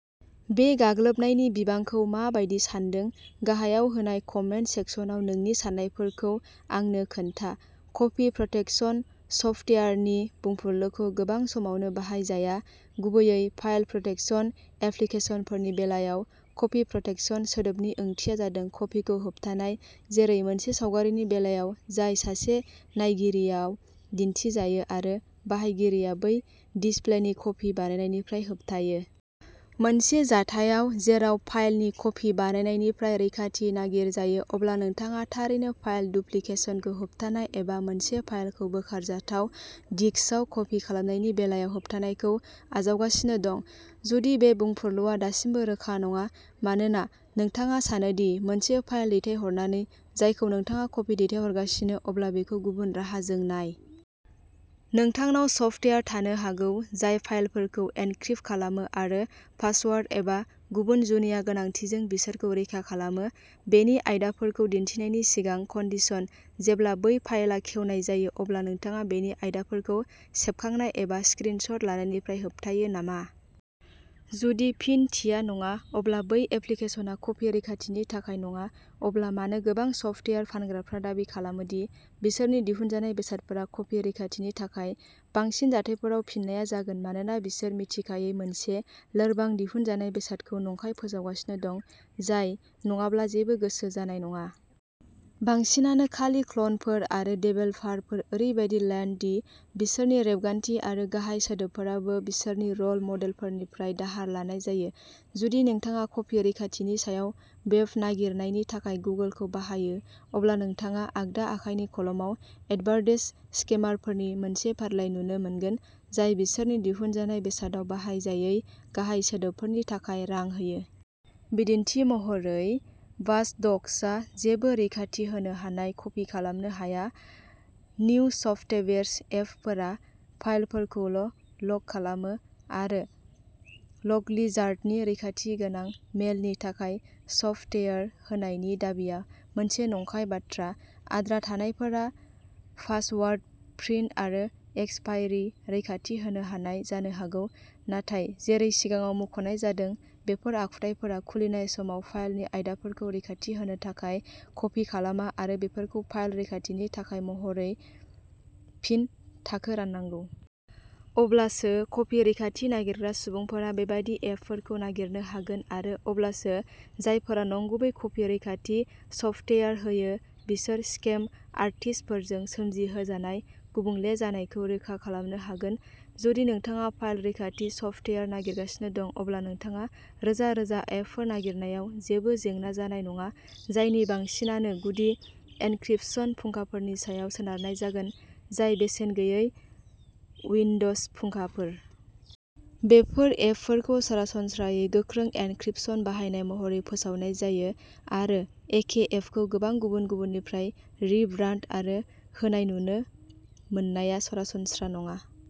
बे गाग्लोबनायनि बिबांखौ मा बायदि सानदों? गाहायाव होनाय कमेन्ट सेक्सनाव नोंनि साननायफोरखौ आंनो खोन्था। कपि प्रटेक्शन सफ्टवेयारनि बुंफुरलुखौ गोबां समावनो बाहायजाया, गुबैयै फाइल प्रटेक्शन एप्लिकेसनफोरनि बेलायाव। "कपि प्रटेक्शन" सोदोबनि ओंथिया जादों कपिखौ होबथानाय जेरै मोनसे सावगारिनि बेलायाव जाय सासे नायगिरियाव दिन्थिजायो आरो बाहायगिरिया बै डिसप्लेनि कपि बानायनायनिफ्राय होबथायो। मोनसे जाथायाव जेराव फाइलनि कपि बानायनायनिफ्राय रैखाथि नागिरजायो, अब्ला नोंथाङा थारैनो फाइल डुप्लिकेशनखौ होबथानाय एबा मोनसे फाइलखौ बोखारजाथाव डिस्कआव कपि खालामनायनि बेलायाव होबथानायखौ आजावगासिनो दं। जुदि बे बुंफुरलुआ दासिमबो रोखा नङा मानोना नोंथाङा सानो दि मोनसे फाइल दैथायहरनानै जायखौ नोंथाङा कपि दैथायहरगासिनो, अब्ला बेखौ गुबुन राहाजों नाय। नोंथांनाव सफ्टवेयार थानो हागौ जाय फाइलफोरखौ एनक्रिप्ट खालामो आरो पासवार्ड एबा गुबुन जुनिया गोनांथिजों बिसोरखौ रैखा खालामो। बेनि आयदाफोरखौ दिन्थिनायनि सिगां कन्डिशन। जेब्ला बै फाइलआ खेवनाय जायो, अब्ला नोंथाङा बेनि आयदाफोरखौ सेबखांनाय एबा स्क्रिन शट लानायनिफ्राय होबथायो नामा? जुदि फिनथिया "नङा" अब्ला बै एप्लिकेशनआ कपि रैखाथिनि थाखाय नङा। अब्ला मानो गोबां सफ्टवेयार फानग्राफ्रा दाबि खालामो दि बिसोरनि दिहुनजानाय बेसादफोरा कपि रैखाथिनि थाखाय? बांसिन जाथायफोराव फिननाया जागोन मानोना बिसोरो मिथिखायै मोनसे लोरबां दिहुनजानाय बेसादखौ नंखाय फोसावगासिनो दं, जाय नङाब्ला जेबो गोसो जानाय नङा। बांसिनानो खालि क्ल'नफोर आरो देभेलपारफोर, ओरैबादि लेन्द'दि बिसोरनि रेबगान्थि आरो गाहाय सोदोबफोराबो बिसोरनि रल मडेलफोरनिफ्राय दाहार लानाय जायो। जुदि नोंथाङा "कपि रैखाथि" नि सायाव वेब नागिरनायनि थाखाय गुगोलखौ बाहायो, अब्ला नोंथाङा आगदा आखाइनि कलमाव एडवर्ड्स स्केमारफोरनि मोनसे फारिलाइ नुनो मोनगोन, जाय बिसोरनि दिहुनजानाय बेसादाव बाहायजायै गाहाय सोदोबफोरनि थाखाय रां होयो। बिदिन्थि महरै, वाचडक्सआ जेबो रैखाथि होनो हानाय कपि खालामनो हाया, निउसफ्टवेर्स एपफोरा फाइलफोरखौल'लक खालामो। आरो लकलिजार्डनि रैखाथि गोनां मेलनि थाखाय सफ्टवेयार होनायनि दाबिआ मोनसे नंखाय बाथ्रा। आद्रा थानायफोरा पासवार्ड, प्रिन्ट आरो एक्सपायरि रैखाथि होनो हानाय जानो हागौ, नाथाय जेरै सिगाङाव मुंख'नाय जादों बेफोर आखुथायफोरा खुलिनाय समाव फाइलनि आयदाफोरखौ रैखाथि होनो थाखाय कपि खालामा आरो बेफोरखौ फाइल रैखाथिनि थाखाय महरै फिन थाखो राननांगौ। अब्लासो कपि रैखाथि नागिरग्रा सुबुंफोरा बेबादि एपफोरखौ नागिरनो हागोन, आरो अब्लासो जायफोरा नंगुबै कपि रैखाथि सफ्टवेयार होयो बिसोर स्केम आर्टिस्टफोरजों सोमजिहोजानाय गुबुंले जानायखौ रोखा खालामनो हागोन। जुदि नोंथाङा फाइल रैखाथि सफ्टवेयार नागिरगासिनो दं अब्ला नोंथाङा रोजा-रोजा एपफोर नागिरनायाव जेबो जेंना जानाय नङा, जायनि बांसिनानो गुदि एनक्रिप्शन फुंखाफोरनि सायाव सोनारनाय जागोन जाय बेसेन गैयै उइन्ड'ज फुंखाफोर। बेफोर एपफोरखौ सरासनस्रायै गोख्रों एनक्रिप्शन बाहायनाय महरै फोसावनाय जायो आरो एखे एपखौ गोबां गुबुन गुबुननिफ्राय रिब्रांड आरो होनाय नुनो मोननाया सरासनस्रा नङा।